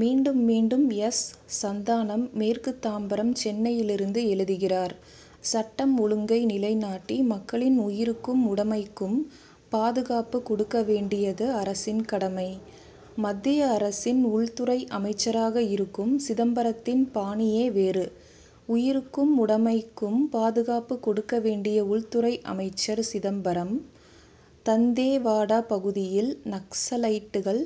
மீண்டும்மீண்டும் S. Santhanam மேற்கு தாம்பரம் சென்னையிலிருந்து எழுதுகிறார் சட்டம் ஒழுங்கை நிலைநாட்டி மக்களின் உயிருக்கும் உடமைக்கும் பாதுகாப்பு கொடுக்க வேண்டியது அரசின் கடமை. மத்திய அரசின் உள்துறை அமைச்சராக இருக்கும் சிதம்பரத்தின் பாணியே வேறு. உயிருக்கும் உடமைக்கும் பாதுகாப்பு கொடுக்க வேண்டிய உள்துறை அமைச்சர் சிதம்பரம் தந்தேவாடா பகுதியில் நக்சலைட்கள்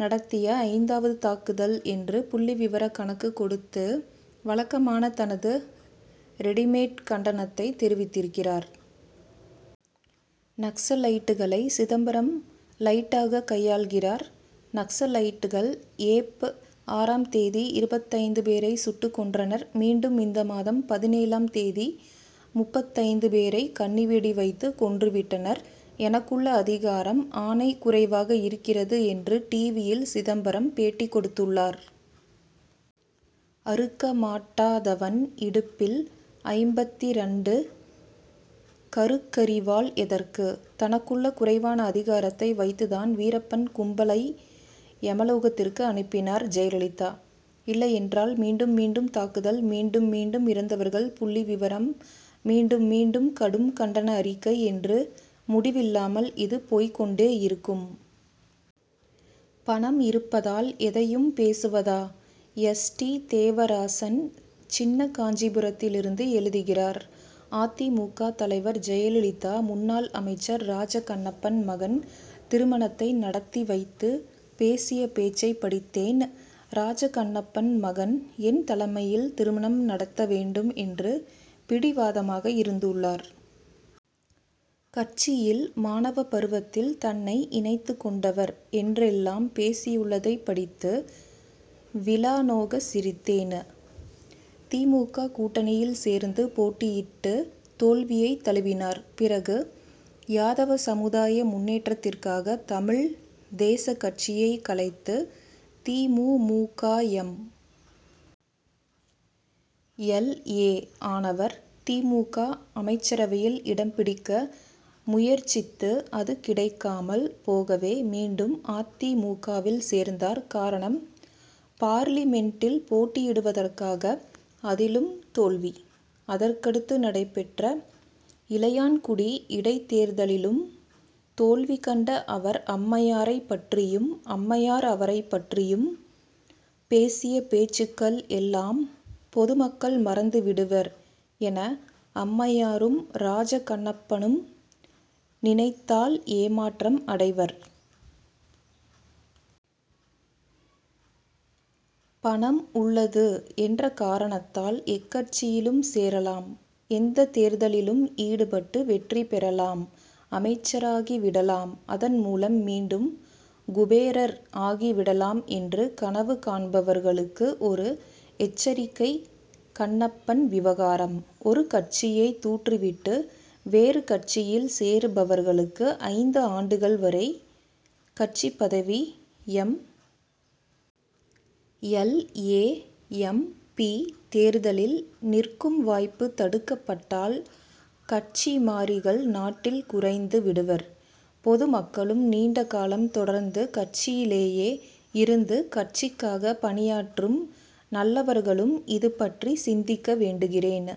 நடத்திய ஐந்தாவது தாக்குதல் என்று புள்ளிவிவரக் கணக்குக் கொடுத்து வழக்கமான தனது ரெடிமேட் கண்டனத்தை தெரிவித்திருக்கிறார். நக்சலைட்டுகளை சிதம்பரம் லைட்டாக கையாள்கிறார். நக்சலைட்டுகள் ஏப். ஆறாம் தேதி எழுபத்தைந்து பேரை சுட்டுக் கொன்றனர். மீண்டும் இந்த மாதம் பதினேழாம் தேதி முப்பத்தைந்து பேரை கண்ணிவெடி வைத்துக் கொன்று விட்டனர். எனக்குள்ள அதிகாரம் ஆணை குறைவாக இருக்கிறது என்று டிவியில் சிதம்பரம் பேட்டி கொடுத்துள்ளார். அறுக்க மாட்டாதவன் இடுப்பில் ஐம்பத்திரண்டு கருக்கரிவாள் எதற்கு? தனக்குள்ள குறைவான அதிகாரத்தை வைத்துத்தான் வீரப்பன் கும்பலை எமலோகத்திற்கு அனுப்பினார் ஜெயலலிதா. இல்லையென்றால் மீண்டும் மீண்டும் தாக்குதல் மீண்டும் மீண்டும் இறந்தவர்கள் புள்ளிவிவரம் மீண்டும் மீண்டும் கடும் கண்டன அறிக்கை என்று முடிவில்லாமல் இது போய்க் கொண்டேயிருக்கும். பணம் இருப்பதால் எதையும் பேசுவதா? எஸ். டி. தேவராசன் சின்ன காஞ்சிபுரத்திலிருந்து எழுதுகிறார் அ. தி. மு. க. தலைவர் ஜெயலலிதா முன்னாள் அமைச்சர் ராஜ கண்ணப்பன் மகன் திருமணத்தை நடத்தி வைத்து பேசிய பேச்சை படித்தேன். ராஜ கண்ணப்பன் மகன் என் தலைமையில் திருமணம் நடத்த வேண்டும் என்று பிடிவாதமாக இருந்துள்ளார். கட்சியில் மாணவப் பருவத்தில் தன்னை இணைத்துக் கொண்டவர் என்றெல்லாம் பேசியுள்ளதைப் படித்து விலா நோகச் சிரித்தேன். தி. மு. க. கூட்டணியில் சேர்ந்து போட்டியிட்டு தோல்வியைத் தழுவினார். பிறகு யாதவ சமுதாய முன்னேற்றத்திற்காக தமிழ் தேசக் கட்சியை கலைத்து தி. மு. மு. க. எம். எல். ஏ. ஆனவர். தி. மு. க. அமைச்சரவையில் இடம் பிடிக்க முயற்சித்து அது கிடைக்காமல் போகவே மீண்டும் அ. தி. மு. க.வில் சேர்ந்தார். காரணம் பார்லிமென்டில் போட்டியிடுவதற்காக அதிலும் தோல்வி. அதற்கடுத்து நடைபெற்ற இளையான்குடி இடைத்தேர்தலிலும் தோல்வி கண்ட அவர் அம்மையாரைப் பற்றியும் அம்மையார் அவரைப் பற்றியும் பேசிய பேச்சுக்கள் எல்லாம் பொதுமக்கள் மறந்து விடுவர் என அம்மையாரும் ராஜ கண்ணப்பனும் நினைத்தால் ஏமாற்றம் அடைவர். பணம் உள்ளது என்ற காரணத்தால் எக்கட்சியிலும் சேரலாம் எந்தத் தேர்தலிலும் ஈடுபட்டு வெற்றி பெறலாம் அமைச்சராகி விடலாம் அதன் மூலம் மீண்டும் குபேரர் ஆகிவிடலாம் என்று கனவு காண்பவர்களுக்கு ஒரு எச்சரிக்கை கண்ணப்பன் விவகாரம். ஒரு கட்சியை தூற்றிவிட்டு வேறு கட்சியில் சேருபவர்களுக்கு ஐந்து ஆண்டுகள் வரை கட்சிப் பதவி M. L. A. M. P. தேர்தலில் நிற்கும் வாய்ப்பு தடுக்கப்பட்டால் கட்சி மாறிகள் நாட்டில் குறைந்து விடுவர். பொதுமக்களும் நீண்ட காலம் தொடர்ந்து கட்சியிலேயே இருந்து கட்சிக்காக பணியாற்றும் நல்லவர்களும் இது பற்றி சிந்திக்க வேண்டுகிறேன்.